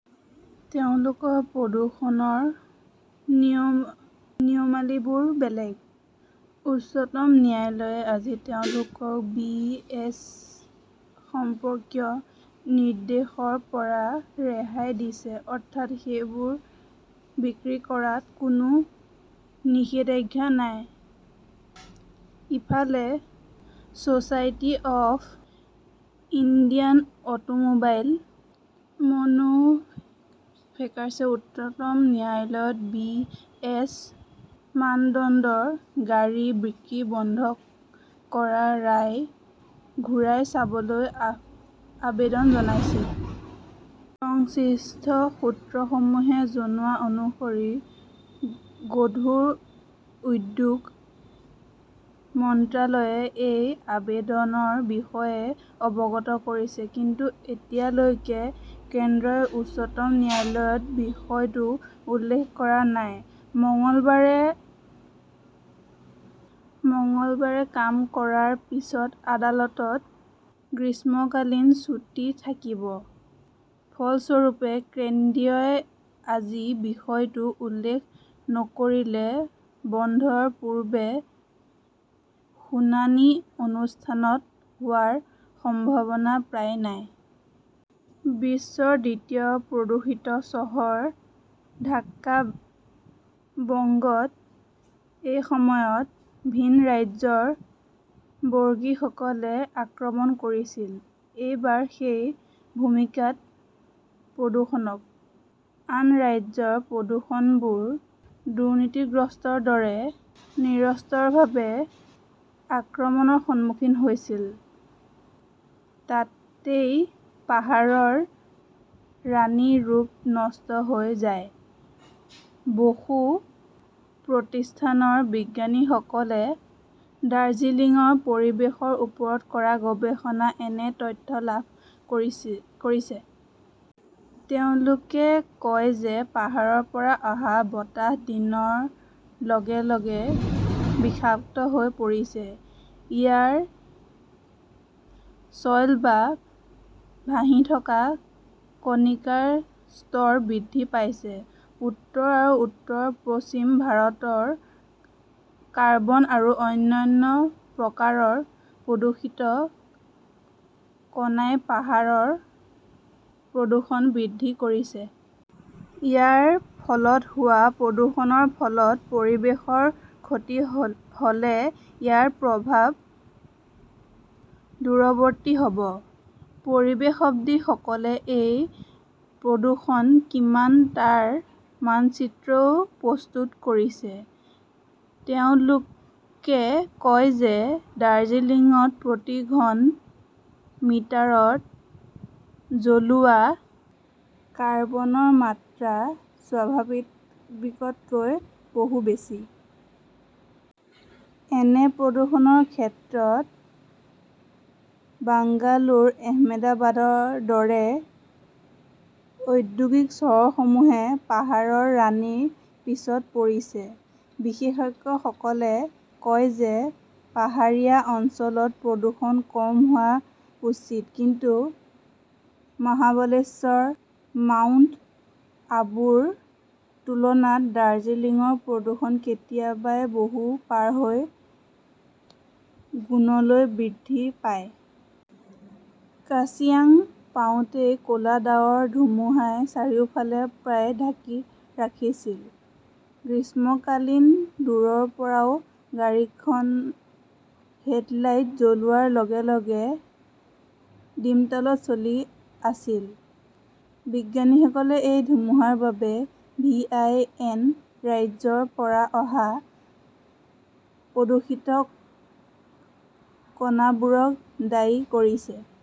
তেওঁলোকৰ প্ৰদূষণৰ নিয়ম নিয়মালীবোৰ বেলেগ। উচ্চতম ন্যায়ালয়ে আজি তেওঁলোকক বি. এছ. সম্পৰ্কীয় নিৰ্দেশৰ পৰা ৰেহাই দিছে। অৰ্থাৎ, সেইবোৰ বিক্ৰী কৰাত কোনো নিষেধাজ্ঞা নাই। ইফালে, ছচাইটি অৱ ইণ্ডিয়ান অটোমোবাইল মনুফেক্সাৰ্ছে উচ্চতম ন্যায়ালয়ত বি. এছ. মানদণ্ডৰ গাড়ী বিক্ৰী বন্ধ কৰাৰ ৰায় ঘূৰাই চাবলৈ আ আবেদন জনাইছিল। সংশ্লিষ্ট সূত্ৰসমূহে জনোৱা অনুসৰি গধুৰ উদ্যোগ মন্ত্ৰালয়ে এই আবেদনৰ বিষয়ে অৱগত কৰিছে। কিন্তু এতিয়ালৈকে কেন্দ্ৰই উচ্চতম ন্যায়ালয়ত বিষয়টো উল্লেখ কৰা নাই। মঙ্গলবাৰে মঙলবাৰে কাম কৰাৰ পিছত আদালতত গ্ৰীষ্মকালীন ছুটী থাকিব। ফলস্বৰূপে, কেন্দ্ৰীয় আজি বিষয়টো উল্লেখ নকৰিলে বন্ধৰ পূৰ্বে শুনানি অনুষ্ঠানত হোৱাৰ সম্ভাৱনা প্ৰায় নাই। বিশ্বৰ দ্বিতীয় প্ৰদূষিত চহৰ ঢাকা বংগত এইসময়ত ভিন ৰাজ্যৰ বৰ্গীসকলে আক্ৰমণ কৰিছিল। এইবাৰ সেই ভূমিকাত প্ৰদূষণক। আন ৰাজ্যৰ প্ৰদূষকবোৰ দুৰ্নীতিগ্ৰস্তৰ দৰে নিৰন্তৰভাৱে আক্ৰমণৰ সন্মুখীন হৈছিল! তাতেই পাহাৰৰ ৰাণীৰ ৰূপ নষ্ট হৈ যায়। বসু প্ৰতিষ্ঠানৰ বিজ্ঞানীসকলে দাৰ্জিলিংৰ পৰিৱেশৰ ওপৰত কৰা গৱেষণাত এনে তথ্য লাভ কৰিছি কৰিছে। তেওঁলোকে কয় যে পাহাৰৰ পৰা আহা বতাহ দিনৰ লগে লগে বিষাক্ত হৈ পৰিছে। ইয়াৰ ছইল বা ভাহি থকা কণিকাৰ স্তৰ বৃদ্ধি পাইছে। উত্তৰ আৰু উত্তৰ-পশ্চিম ভাৰতৰ কাৰ্বন আৰু অন্যান্য প্ৰকাৰৰ প্ৰদূষিত কণাই পাহাৰৰ প্ৰদূষণ বৃদ্ধি কৰিছে। ইয়াৰ ফলত হোৱা প্ৰদূষণৰ ফলত পৰিৱেশৰ ক্ষতি হহ'লে ইয়াৰ প্ৰভাৱ দূৰৱৰ্তী হ'ব। পৰিৱেশবিদ সকলে এই প্ৰদূষণ কিমান তাৰ মানচিত্ৰও প্ৰস্তুত কৰিছে। তেওঁলোকে কয় যে ডাৰ্জিলিংত প্ৰতি ঘন মিটাৰত জ্বলোৱা কাৰ্বনৰ মাত্ৰা স্বাভাৱিকতকৈ বহু বেছি। এনে প্ৰদূষণৰ ক্ষেত্ৰত বাংগালুৰু, এহমেদাবাদৰ দৰে ঔদ্যোগিক চহৰসমূহে পাহাৰৰ ৰাণীৰ পিছত পৰিছে। বিশেষজ্ঞসকলে কয় যে পাহাৰীয়া অঞ্চলত প্ৰদূষণ কম হোৱা উচিত। কিন্তু মহাবলেশ্বৰ, মাউণ্ট আবুৰ তুলনাত দাৰ্জিলিংৰ প্ৰদূষণ কেতিয়াবাই বহু পাৰ হৈ গুণলৈ বৃদ্ধি পাই। কাৰ্চিয়াং পাওতেই ক'লা ডাৱৰ-ধুমুহাই চাৰিওফালে প্ৰায় ঢাকি ৰাখিছিল! গ্ৰীষ্মকালীন দূৰৰ গাড়ীখন হেডলাইট জ্বলোৱাৰ লগে লগে দিমতালত চলি আছিল। বিজ্ঞানীসকলে এই ধুমুহাৰ বাবে ভি. আই. এন. ৰাজ্যৰ পৰা অহা প্ৰদূষিত কণাবোৰক দায়ী কৰিছে।